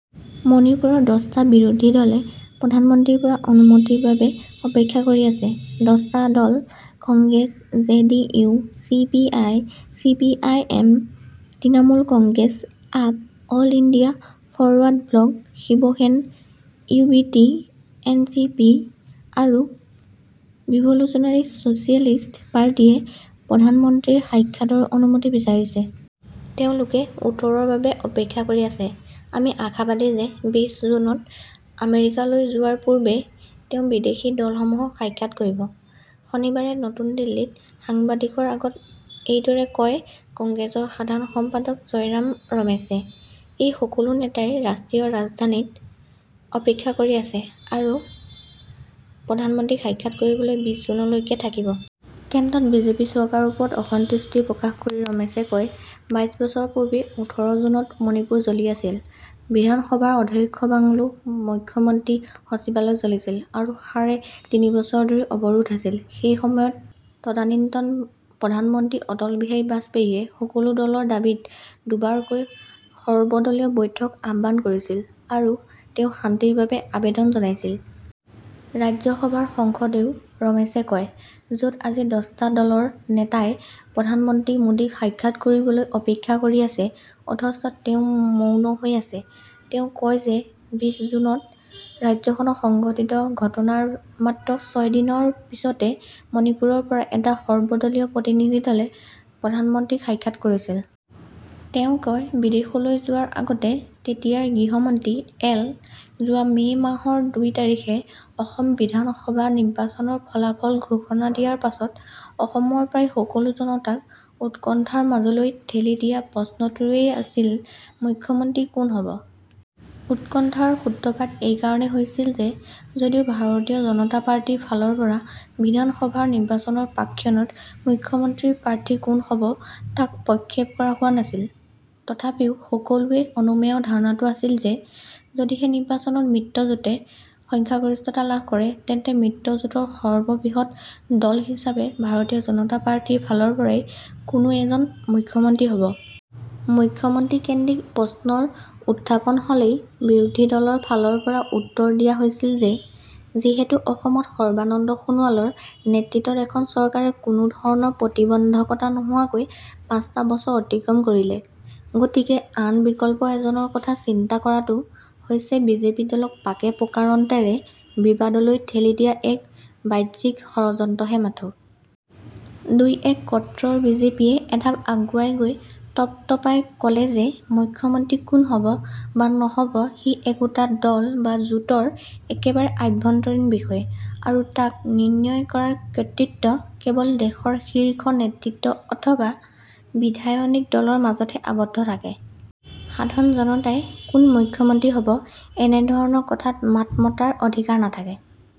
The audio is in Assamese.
মণিপুৰৰ দহটা বিৰোধী দলে প্ৰধানমন্ত্ৰীৰ পৰা অনুমতিৰ বাবে অপেক্ষা কৰি আছে। দহটা দল Congress, JD U, CPI, CPI M, Trinamool Congress, AAP, all India forward block, Shiv Sena UBT, NCP আৰু ৰিভল্যুচনেৰী ছচিয়েলিষ্ট পাৰ্টিয়ে প্ৰধানমন্ত্ৰীৰ সাক্ষাতৰ অনুমতি বিচাৰিছে। তেওঁলোকে উত্তৰৰ বাবে অপেক্ষা কৰি আছে। আমি আশাবাদী যে বিশ জুনত আমেৰিকালৈ যোৱাৰ পূৰ্বে তেওঁ বিদেশী দলসমূহক সাক্ষাৎ কৰিব। শনিবাৰে নতুন দিল্লীত সাংবাদিকৰ আগত এইদৰে কয় কংগ্ৰেছৰ সাধাৰণ সম্পাদক জয়ৰাম ৰমেশে। এই সকলো নেতাই ৰাষ্ট্ৰীয় ৰাজধানীত অপেক্ষা কৰি আছে আৰু প্ৰধানমন্ত্ৰীক সাক্ষাৎ কৰিবলৈ বিশ জুনলৈকে থাকিব। কেন্দ্ৰত বিজেপি চৰকাৰৰ ওপৰত অসন্তুষ্টি প্ৰকাশ কৰি ৰমেশে কয়, বাইছ বছৰ পূৰ্বে ওঠৰ জুনত মণিপুৰ জ্বলি আছিল। বিধানসভাৰ অধ্যক্ষৰ বাংলো, মুখ্যমন্ত্ৰী সচিবালয় জ্বলিছিল আৰু সাড়ে তিনিবছৰ ধৰি অৱৰোধ আছিল। সেই সময়ত তদানীন্তন প্ৰধানমন্ত্ৰী অটল বিহাৰী বাজপেয়ীয়ে সকলো দলৰ দাবীত দুবাৰকৈ সৰ্বদলীয় বৈঠক আহ্বান কৰিছিল আৰু তেওঁ শান্তিৰ বাবে আবেদন জনাইছিল। ৰাজ্যসভাৰ সংসদও ৰমেশে কয়, যত আজি দহটা দলৰ নেতাই প্ৰধানমন্ত্ৰী মোডীক সাক্ষাৎ কৰিবলৈ অপেক্ষা কৰি আছে অথচ তেওঁ মৌন হৈ আছে। তেওঁ কয় যে বিছ জুনত ৰাজ্যখনত সংঘটিত ঘটনাৰ মাত্ৰ ছয় দিনৰ পাছতে মণিপুৰৰ পৰা এটা সৰ্বদলীয় প্ৰতিনিধি দলে প্ৰধানমন্ত্ৰীক সাক্ষাৎ কৰিছিল। তেওঁ কয়, বিদেশলৈ যোৱাৰ আগতে তেতিয়াৰ গৃহমন্ত্ৰী এল. যোৱা মে' মাহৰ দুই তাৰিখে অসম বিধান সভা নিৰ্বাচনৰ ফলাফল ঘোষণা দিয়াৰ পাছত অসমৰ প্ৰায় সকলো জনতাক উৎকণ্ঠাৰ মাজলৈ ঠেলি দিয়া প্ৰশ্নটোৱে আছিল - মুখ্যমন্ত্ৰী কোন হব? উৎকণ্ঠাৰ সূত্ৰপাত এই কাৰণেই হৈছিল যে যদিও ভাৰতীয় জনতা পাৰ্টিৰ ফালৰ পৰা বিধান সভা নিৰ্বাচনৰ প্ৰাকক্ষণত মুখ্যমন্ত্ৰীৰ প্ৰাৰ্থী কোন হব তাক প্ৰক্ষেপ কৰা হোৱা নাছিল, তথাপিও সকলোৰে অনুমেয় ধাৰণাটো আছিল যে যদিহে নিৰ্বাচনত মিত্ৰজোঁটে সংখ্যাগৰিষ্ঠতা লাভ কৰে, তেন্তে মিত্ৰজোঁটৰ সৰ্ববৃহৎ দল হিচাপে ভাৰতীয় জনতা পাৰ্টিৰ ফালৰ পৰাই কোনো এজন মুখ্যমন্ত্ৰী হব। মুখ্যমন্ত্ৰী কেন্দ্ৰীক প্ৰশ্নৰ উৎত্থাপন হ'লেই বিৰোধী দলৰ ফালৰ পৰা উত্তৰ দিয়া হৈছিল যে যিহেতু অসমত সৰ্বানন্দ সোণোৱালৰ নেতৃত্বত এখন চৰকাৰে কোনো ধৰণৰ প্ৰতিবন্ধকতা নোহোৱাকৈ পাঁচটা বছৰ অতিক্ৰম কৰিলে, গতিকে আন বিকল্প এজনৰ কথা চিন্তা কৰাতো হৈছে বিজেপি দলক পাকে প্ৰকাৰন্তৰে বিবাদলৈ ঠেলি দিয়া এক ব্যাহ্যিক ষড়যন্ত্ৰহে মাথোঁ। দুই এক কট্টৰ বিজেপিয়ে এঢাপ আগুৱাই গৈ টপ্ টপাই কলে যে- মুখ্যমন্ত্ৰী কোন হব বা নহব সি একোটা দল বা জোঁটৰ একেবাৰে আভ্যন্তৰীণ বিষয় আৰু তাক নিৰ্ণয় কৰাৰ কৰ্তৃত্ব কেৱল দলৰ শীৰ্ষ নেতৃত্ব অথবা বিধায়িনী দলৰ মাজতে আবদ্ধ থাকে। সাধাৰণ জনতাই কোন মুখ্যমন্ত্ৰী হ'ব এনেধৰণৰ কথাত মাত মতাৰ অধিকাৰ নাথাকে।